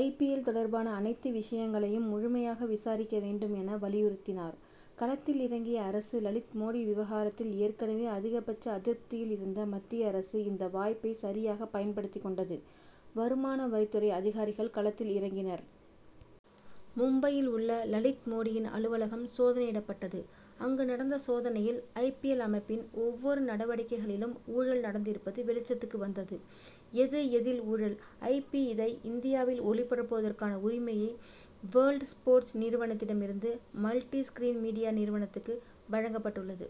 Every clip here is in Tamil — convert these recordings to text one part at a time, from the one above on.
ஐ. பி. எல். தொடர்பான அனைத்து விஷயங்களையும் முழுமையாக விசாரிக்க வேண்டும் என வலியுறுத்தினார். களத்தில் இறங்கிய அரசு லலித் மோடி விவகாரத்தில் ஏற்கனவே அதிக பட்ச அதிருப்தியில் இருந்த மத்திய அரசு இந்த வாய்ப்பை சரியாக பயன் படுத்திக் கொண்டது. வருமானவரித் துறை அதிகாரிகள் களத்தில் இறங்கினர். மும்பையில் உள்ள லலித் மோடியின் அலுவலகம் சோதனையிடப்பட்டது. அங்கு நடந்த சோதனையில் ஐ. பி. எல். அமைப்பின் ஒவ்வொரு நடவடிக்கைகளிலும் ஊழல் நடந்திருப்பது வெளிச்சத்துக்கு வந்தது. எது எதில் ஊழல்? ஐ. பி. இதை இந்தியாவில் ஒளிபரப்புவதற்கான உரிமையை வேர்ல்டு ஸ்போர்ட்ஸ் நிறுவனத்திடம் இருந்து மல்டி ஸ்கிரீன் மீடியா நிறுவனத்துக்கு வழங்கப்பட்டுள்ளது.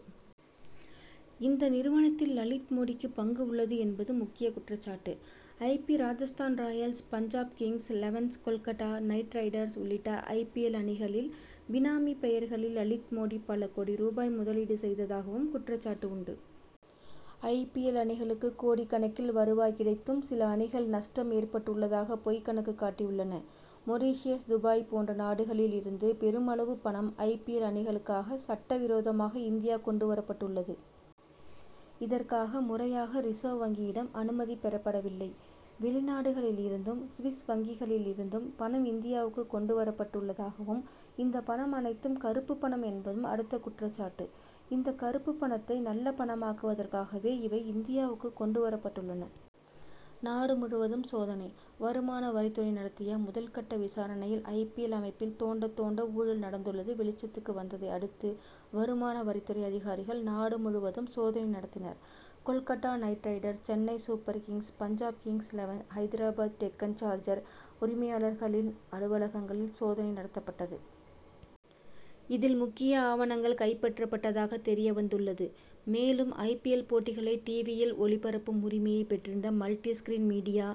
இந்த நிறுவனத்தில் லலித் மோடிக்கு பங்கு உள்ளது என்பது முக்கிய குற்றச் சாட்டு. I. P. Rajasthan Royals Punjab Kings Elevens Kolkata Knight Riders உள்ளிட்ட ஐ. பி. எல் அணிகளில் பினாமி பெயர்களில் லலித் மோடி பல கோடி ரூபாய் முதலீடு செய்ததாகவும் குற்றச்சாட்டு உண்டு. ஐ. பி. எல். அணிகளுக்கு கோடிக் கணக்கில் வருவாய் கிடைத்தும் சில அணிகள் நஷ்டம் ஏற்பட்டுள்ளதாக பொய் கணக்கு காட்டியுள்ளன. மொரிஷியஸ் துபாய் போன்ற நாடுகளில் இருந்து பெருமளவு பணம் ஐ. பி. எல். அணிகளுக் காக சட்ட விரோதமாக இந்தியா கொண்டு வரப் பட்டுள்ளது. இதற்காக முறையாக ரிசர்வ் வங்கியிடம் அனுமதி பெறப்படவில்லை. வெளிநாடுகளில் இருந்தும் சுவிஸ் வங்கிகளில் இருந்தும் பணம் இந்தியாவுக்கு கொண்டு வரப் பட்டுள்ளதாகவும் இந்த பணம் அனைத்தும் கருப்பு பணம் என்பதும் அடுத்த குற்றச் சாட்டு. இந்த கருப்பு பணத்தை நல்ல பணமாக்குவதற்காகவே இவை இந்தியாவுக்கு கொண்டு வரப்பட்டுள்ளன. நாடு முழுவதும் சோதனை: வருமான வரித் துறை நடத்திய முதல் கட்ட விசாரணையில் ஐ. பி. எல். அமைப்பில் தோண்ட தோண்ட ஊழல் நடந்துள்ளது வெளிச்சத்துக்கு வந்ததை அடுத்து வருமானவரித் துறை அதிகாரிகள் நாடு முழுவதும் சோதனை நடத்தினர். Kolkata Knight Riders Chennai Super Kings, Punjab Kings Eleven Hyderabad Deccan Charger உரிமையாளர்களின் அலுவலகங்களில் சோதனை நடத்தப்பட்டது. இதில் முக்கிய ஆவணங்கள் கைப்பற்றப்பட்டதாக தெரியவந்துள்ளது. மேலும் ஐ. பி. எல். போட்டிகளை டிவி யில் ஒளிபரப்பும் உரிமையை பெற்றிருந்த Multi Screen Media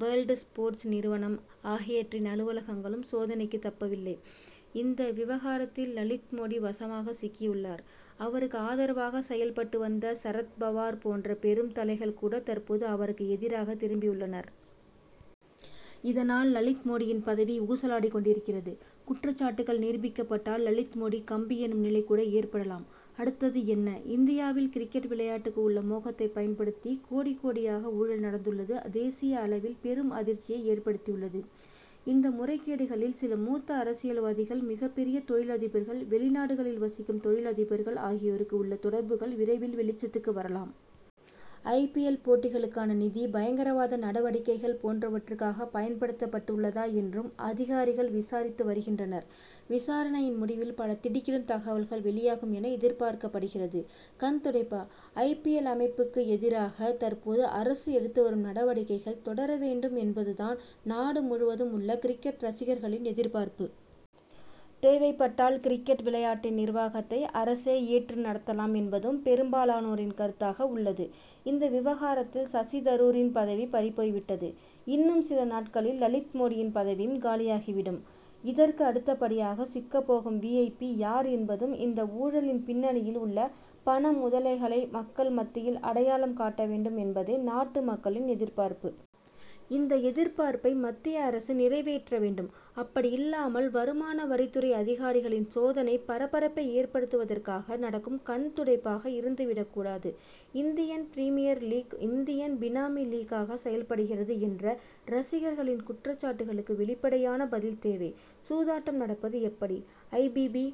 World Sports நிறுவனம் ஆகியற்றின் அலுவலகங்களும் சோதனைக்கு தப்பவில்லை. இந்த விவகாரத்தில் லலித் மோடி வசமாக சிக்கியுள்ளார். அவருக்கு ஆதரவாக செயல்பட்டு வந்த சரத் பவார் போன்ற பெரும் தலைகள் கூட தற்போது அவருக்கு எதிராக திரும்பியுள்ளனர். இதனால் லலித் மோடியின் பதவி ஊசலாடிக் கொண்டிருக்கிறது. குற்றச்சாட்டுகள் நிரூபிக்கப்பட்டால் லலித் மோடி கம்பி எண்ணும் நிலை கூட ஏற்படலாம். அடுத்தது என்ன? இந்தியாவில் கிரிக்கெட் விளையாட்டுக்கு உள்ள மோகத்தை பயன்படுத்தி கோடி, கோடியாக ஊழல் நடந்துள்ளது தேசிய அளவில் பெரும் அதிர்ச்சியை ஏற்படுத்தியுள்ளது. இந்த முறைகேடுகளில் சில மூத்த அரசியல்வாதிகள் மிகப் பெரிய தொழில் அதிபர்கள் வெளிநாடுகளில் வசிக்கும் தொழில் அதிபர்கள் ஆகியோருக்கு உள்ள தொடர்புகள் விரைவில் வெளிச்சத்துக்கு வரலாம். ஐ. பி. எல். போட்டிகளுக்கான நிதி பயங்கரவாத நடவடிக்கைகள் போன்றவற்றுக்காக பயன்படுத்தப் பட்டுள்ளதா என்றும் அதிகாரிகள் விசாரித்து வருகின்றனர். விசாரணையின் முடிவில் பல திடுக்கிடும் தகவல்கள் வெளியாகும் என எதிர்பார்க்கப்படுகிறது. கண்துடைப்பா? ஐ. பி. எல். அமைப் புக்கு எதிராக தற்போது அரசு எடுத்து வரும் நடவடிக்கைகள் தொடர வேண்டும் என்பது தான் நாடு முழுவதும் உள்ள கிரிக்கெட் ரசிகர்களின் எதிர்பார்ப்பு. தேவைப்பட்டால் கிரிக்கெட் விளையாட்டின் நிர்வாகத்தை அரசே ஏற்று நடத்தலாம் என்பதும் பெரும்பாலானோரின் கருத்தாக உள்ளது. இந்த விவகாரத்தில் சசி தரூரின் பதவி பறிபோய்விட்டது. இன்னும் சில நாட்களில் லலித் மோடியின் பதவியும் காலியாகி விடும். இதற்கு அடுத்தபடியாக சிக்கப் போகும் வி. ஐ. பி. யார் என்பதும் இந்த ஊழலின் பின்னணியில் உள்ள பண முதலைகளை மக்கள் மத்தியில் அடையாளம் காட்ட வேண்டும் என்பதே நாட்டு மக்களின் எதிர்பார்ப்பு. இந்த எதிர்பார்ப்பை மத்திய அரசு நிறைவேற்ற வேண்டும். அப்படியில்லாமல் வருமானவரித் துறை அதிகாரிகளின் சோதனை பரபரப்பை ஏற்படுத்துவதற்காக நடக்கும் கண் துடைப்பாக இருந்து விடக் கூடாது. Indian Premier League. இந்தியன் பினாமி லீக்.காக செயல்படுகிறது என்ற ரசிகர்களின் குற்றச்சாட்டுகளுக்கு வெளிப்படையான பதில் தேவை. சூதாட்டம் நடப்பது எப்படி? ஐ. பி. பி.